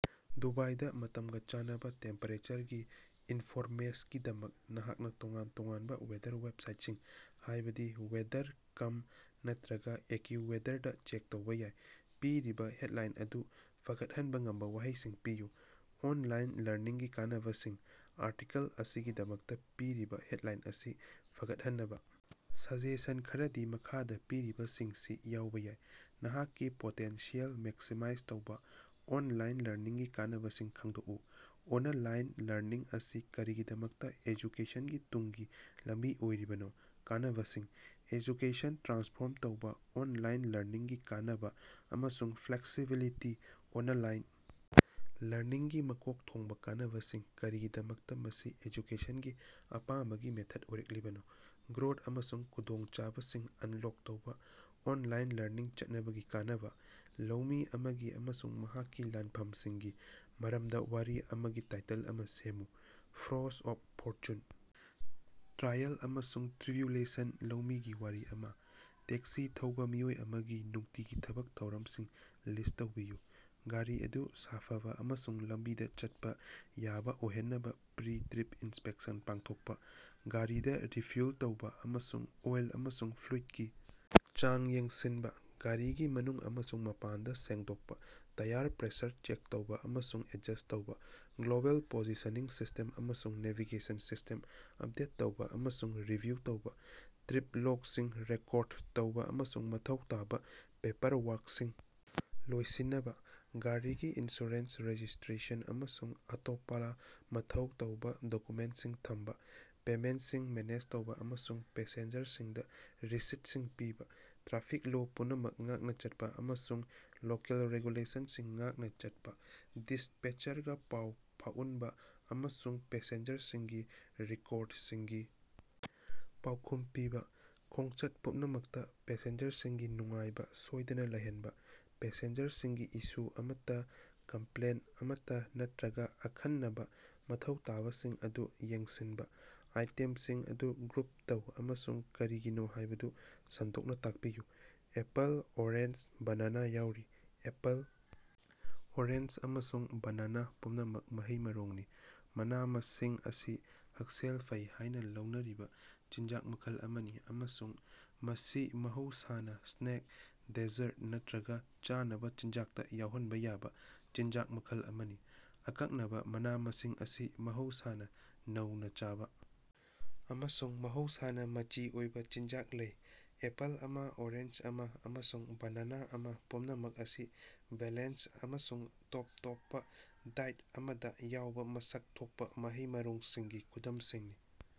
ꯗꯨꯕꯥꯏꯗ ꯃꯇꯝꯒꯥ ꯆꯥꯟꯅꯕ ꯇꯦꯝꯄꯦꯔꯦꯆꯔꯒꯤ ꯏꯟꯐꯣꯔꯃꯦꯁꯒꯤꯗꯃꯛꯇ ꯅꯍꯥꯛꯅ ꯇꯣꯉꯥꯟ-ꯇꯣꯉꯥꯟꯕ ꯋꯦꯗꯔ ꯋꯦꯕꯁꯥꯏꯠꯁꯤꯡ, ꯍꯥꯏꯕꯗꯤ ꯋꯦꯗꯔ. ꯀꯝ ꯅꯠꯇꯔꯒ ꯑꯦꯀ꯭ꯌꯨꯋꯦꯗꯔꯗ ꯆꯦꯛ ꯇꯧꯕ ꯌꯥꯏ꯫ ꯄꯤꯔꯤꯕ ꯍꯦꯗꯂꯥꯏꯟ ꯑꯗꯨ ꯐꯒꯠꯍꯟꯕ ꯉꯝꯕ ꯋꯥꯍꯩꯁꯤꯡ ꯄꯤꯌꯨ꯫ ꯑꯣꯟꯂꯥꯏꯟ ꯂꯔꯅꯤꯡꯒꯤ ꯀꯥꯟꯅꯕꯁꯤꯡ꯫ ꯑꯥꯔꯇꯤꯀꯜ ꯑꯁꯤꯒꯤꯗꯃꯛꯇ ꯄꯤꯔꯤꯕ ꯍꯦꯗꯂꯥꯏꯟ ꯑꯁꯤ ꯐꯒꯠꯍꯟꯅꯕ ꯁꯖꯦꯁꯟ ꯈꯔꯗꯤ ꯃꯈꯥꯗ ꯄꯤꯔꯤꯕꯁꯤꯡꯁꯤ ꯌꯥꯎꯕꯥ ꯌꯥꯏ: "ꯅꯍꯥꯛꯀꯤ ꯄꯣꯇꯦꯟꯁꯤꯑꯦꯜ ꯃꯦꯛꯁꯤꯃꯥꯏꯖ ꯇꯧꯕꯥ: ꯑꯣꯟꯂꯥꯏꯟ ꯂꯔꯅꯤꯡꯒꯤ ꯀꯥꯟꯅꯕꯁꯤꯡ ꯈꯪꯗꯣꯛꯎ" "ꯑꯣꯟꯂꯥꯏꯟ ꯂꯔꯅꯤꯡ ꯑꯁꯤ ꯀꯔꯤꯒꯤꯗꯃꯛꯇ ꯑꯦꯖꯨꯀꯦꯁꯟꯒꯤ ꯇꯨꯡꯒꯤ ꯂꯝꯕꯤ ꯑꯣꯏꯔꯤꯕꯅꯣ: ꯀꯥꯟꯅꯕꯁꯤꯡ " "ꯑꯦꯖꯨꯀꯦꯁꯟ ꯇ꯭ꯔꯥꯟꯁꯐ꯭ꯣꯔꯝ ꯇꯧꯕ: ꯑꯣꯟꯂꯥꯏꯟ ꯂꯔꯅꯤꯡꯒꯤ ꯀꯥꯟꯅꯕ ꯑꯃꯁꯨꯡ ꯐ꯭ꯂꯦꯛꯁꯤꯕꯤꯂꯤꯇꯤ" "ꯑꯣꯟꯂꯥꯏꯟ ꯂꯔꯅꯤꯡꯒꯤ ꯃꯀꯣꯛ ꯊꯣꯡꯕ ꯀꯥꯟꯅꯕꯁꯤꯡ: ꯀꯔꯤꯒꯤꯗꯃꯛꯇ ꯃꯁꯤ ꯑꯦꯖꯨꯀꯦꯁꯟꯒꯤ ꯑꯄꯥꯝꯕꯒꯤ ꯃꯦꯊꯗ ꯑꯣꯏꯔꯛꯂꯤꯕꯅꯣ" "ꯒ꯭ꯔꯣꯊ ꯑꯃꯁꯨꯡ ꯈꯨꯗꯣꯡꯆꯥꯕꯁꯤꯡ ꯑꯅꯂꯣꯛ ꯇꯧꯕꯥ: ꯑꯣꯟꯂꯥꯏꯟ ꯂꯔꯅꯤꯡ ꯆꯠꯅꯕꯒꯤ ꯀꯥꯟꯅꯕꯥ" ꯂꯧꯃꯤ ꯑꯃꯒꯤ ꯑꯃꯁꯨꯡ ꯃꯍꯥꯛꯀꯤ ꯂꯥꯟꯐꯝꯁꯤꯡꯒꯤ ꯃꯔꯝꯗ ꯋꯥꯔꯤ ꯑꯃꯒꯤ ꯇꯥꯏꯇꯜ ꯑꯃ ꯁꯦꯝꯃꯨ꯫ ꯐ꯭ꯔꯣꯁ ꯑꯣꯐ ꯐꯣꯔꯆꯨꯟ: ꯇ꯭ꯔꯥꯏꯑꯦꯜ ꯑꯃꯁꯨꯡ ꯇ꯭ꯔꯤꯕ꯭ꯌꯨꯂꯦꯁꯟ ꯂꯧꯃꯤꯒꯤ ꯋꯥꯔꯤ ꯑꯃꯥ꯫ ꯇꯦꯛꯁꯤ ꯊꯧꯕꯥ ꯃꯤꯑꯣꯏ ꯑꯃꯒꯤ ꯅꯨꯡꯇꯤꯒꯤ ꯊꯕꯛ ꯊꯧꯔꯝꯁꯤꯡ ꯂꯤꯁ꯭ꯠ ꯇꯧꯕꯤꯌꯨ꯫ ꯒꯥꯔꯤ ꯑꯗꯨ ꯁꯥꯐꯕ ꯑꯃꯁꯨꯡ ꯂꯝꯕꯤꯗ ꯆꯠꯄ ꯌꯥꯕ ꯑꯣꯏꯍꯟꯅꯕ ꯄ꯭ꯔꯤ-ꯇ꯭ꯔꯤꯞ ꯏꯟꯁꯄꯦꯛꯁꯟ ꯄꯥꯡꯊꯣꯛꯄ꯫ ꯒꯥꯔꯤꯗꯥ ꯔꯤꯐ꯭ꯌꯨꯜ ꯇꯧꯕ ꯑꯃꯁꯨꯡ ꯑꯣꯏꯜ ꯑꯃꯁꯨꯡ ꯐ꯭ꯂꯨꯏꯗꯀꯤ ꯆꯥꯡ ꯌꯦꯡꯁꯤꯟꯕ꯫ ꯒꯥꯔꯤꯒꯤ ꯃꯅꯨꯡ ꯑꯃꯁꯨꯡ ꯃꯄꯥꯟꯗ ꯁꯦꯡꯗꯣꯛꯄ ꯇꯌꯥꯔ ꯄ꯭ꯔꯦꯁꯔ ꯆꯦꯛ ꯇꯧꯕꯥ ꯑꯃꯁꯨꯡ ꯑꯦꯗꯖꯁ꯭ꯠ ꯇꯧꯕꯥ꯫ ꯒ꯭ꯂꯣꯕꯦꯜ ꯄꯣꯖꯤꯁꯅꯤꯡ ꯁꯤꯁꯇ꯭ꯝ ꯑꯃꯁꯨꯡ ꯅꯦꯚꯤꯒꯦꯁꯟ ꯁꯤꯁꯇꯦꯝ ꯑꯞꯗꯦꯠ ꯇꯧꯕ ꯑꯃꯁꯨꯡ ꯔꯤꯚꯤꯌꯨ ꯇꯧꯕ꯫ ꯇ꯭ꯔꯤꯞ ꯂꯣꯒꯁꯤꯡ ꯔꯦꯀꯣꯔꯗ ꯇꯧꯕꯥ ꯑꯃꯁꯨꯡ ꯃꯊꯧ ꯇꯥꯕꯥ ꯄꯦꯄꯔꯋꯥꯔꯛꯁꯤꯡ ꯂꯣꯏꯁꯤꯅꯕꯥ꯫ ꯒꯥꯔꯤꯒꯤ ꯏꯟꯁꯨꯔꯦꯟꯁ, ꯔꯦꯖꯤꯁ꯭ꯇꯔꯦꯁꯟ, ꯑꯃꯁꯨꯡ ꯑꯇꯣꯞꯄꯥꯂ ꯃꯊꯧ ꯇꯥꯕ ꯗꯣꯀꯨꯃꯦꯟꯠꯁꯤꯡ ꯊꯝꯕ꯫ ꯄꯦꯃꯦꯟꯠꯁꯤꯡ ꯃꯦꯅꯦꯖ ꯇꯧꯕꯥ ꯑꯃꯁꯨꯡ ꯄꯦꯁꯦꯟꯖꯔꯁꯤꯡꯗ ꯔꯤꯁꯤꯠꯁꯤꯡ ꯄꯤꯕ꯫ ꯇ꯭ꯔꯥꯐꯤꯛ ꯂꯣ ꯄꯨꯝꯅꯃꯛ ꯉꯥꯛꯅ ꯆꯠꯄ ꯑꯃꯁꯨꯡ ꯂꯣꯀꯦꯜ ꯔꯦꯒꯨꯂꯦꯁꯟꯁꯤꯡ ꯉꯥꯛꯅ ꯆꯠꯄ꯫ ꯗꯤꯁ꯭ꯄꯦꯆꯔꯒꯥ ꯄꯥꯎ ꯐꯥꯎꯟꯕ ꯑꯃꯁꯨꯡ ꯄꯦꯁꯦꯟꯖꯔꯁꯤꯡꯒꯤ ꯔꯤꯀꯣꯔꯗꯁꯤꯡꯒꯤ ꯄꯥꯎꯈꯨꯝ ꯄꯤꯕ꯫ ꯈꯣꯡꯆꯠ ꯄꯨꯝꯅꯃꯛꯇ ꯄꯦꯁꯦꯟꯖꯔꯁꯤꯡꯒꯤ ꯅꯨꯡꯉꯥꯏꯕ ꯁꯣꯏꯗꯅ ꯂꯩꯍꯟꯕ꯫ ꯄꯦꯁꯦꯟꯖꯔꯁꯤꯡꯒꯤ ꯏꯁꯨ ꯑꯃꯠꯇ, ꯀꯝꯄ꯭ꯂꯦꯟꯠ ꯑꯃꯠꯇ, ꯅꯠꯇꯔꯒ ꯑꯈꯟꯅꯕ ꯃꯊꯧ ꯇꯥꯕꯁꯤꯡ ꯑꯗꯨ ꯌꯦꯡꯁꯤꯟꯕ꯫ ꯑꯥꯏꯇꯦꯝꯁꯤꯡ ꯑꯗꯨ ꯒ꯭ꯔꯨꯞ ꯇꯧ ꯑꯃꯁꯨꯡ ꯀꯔꯤꯒꯤꯅꯣ ꯍꯥꯏꯕꯗꯨ ꯁꯟꯗꯣꯛꯅ ꯇꯥꯛꯄꯤꯌꯨ꯫ ꯑꯦꯄꯜ, ꯑꯣꯔꯦꯟꯖ, ꯕꯅꯥꯅꯥ ꯌꯥꯎꯔꯤ꯫ ꯑꯦꯄꯜ, ꯑꯣꯔꯦꯟꯖ, ꯑꯃꯁꯨꯡ ꯕꯅꯥꯅꯥ ꯄꯨꯝꯅꯃꯛ ꯃꯍꯩ-ꯃꯔꯣꯡꯅꯤ꯫ ꯃꯅꯥ-ꯃꯁꯤꯡ ꯑꯁꯤ ꯍꯛꯁꯦꯜ ꯐꯩ ꯍꯥꯏꯅ ꯂꯧꯅꯔꯤꯕꯥ ꯆꯤꯟꯖꯥꯛ ꯃꯈꯜ ꯑꯃꯅꯤ ꯑꯃꯁꯨꯡ ꯃꯁꯤ ꯃꯍꯧꯁꯥꯅꯥ ꯁ꯭ꯅꯦꯛ, ꯗꯦꯁꯔꯠ ꯅꯠꯇꯔꯒ ꯆꯥꯅꯕ ꯆꯤꯟꯖꯥꯛꯇ ꯌꯥꯎꯍꯟꯕ ꯌꯥꯕꯥ ꯆꯤꯟꯖꯥꯛ ꯃꯈꯜ ꯑꯃꯅꯤ꯫ ꯑꯀꯛꯅꯕꯥ ꯃꯅꯥ-ꯃꯁꯤꯡ ꯑꯁꯤ ꯃꯍꯧꯁꯥꯅꯥ ꯅꯧꯅ ꯆꯥꯕ ꯑꯃꯁꯨꯡ ꯃꯍꯧꯁꯥꯅꯥ ꯃꯆꯤ ꯑꯣꯏꯕꯥ ꯆꯤꯟꯖꯥꯛ ꯂꯩ꯫ ꯑꯦꯄꯜ ꯑꯃ, ꯑꯣꯔꯦꯟꯖ ꯑꯃ ꯑꯃꯁꯨꯡ ꯕꯅꯥꯅꯥ ꯑꯃ ꯄꯨꯝꯅꯃꯛ ꯑꯁꯤ ꯕꯦꯂꯦꯟꯁ ꯑꯃꯁꯨꯡ ꯇꯣꯞ ꯇꯣꯞꯄ ꯗꯥꯏꯠ ꯑꯃꯗ ꯌꯥꯎꯕ ꯃꯁꯛ ꯊꯣꯛꯄ ꯃꯍꯩ-ꯃꯔꯣꯡꯁꯤꯡꯒꯤ ꯈꯨꯗꯝꯁꯤꯡꯅꯤ꯫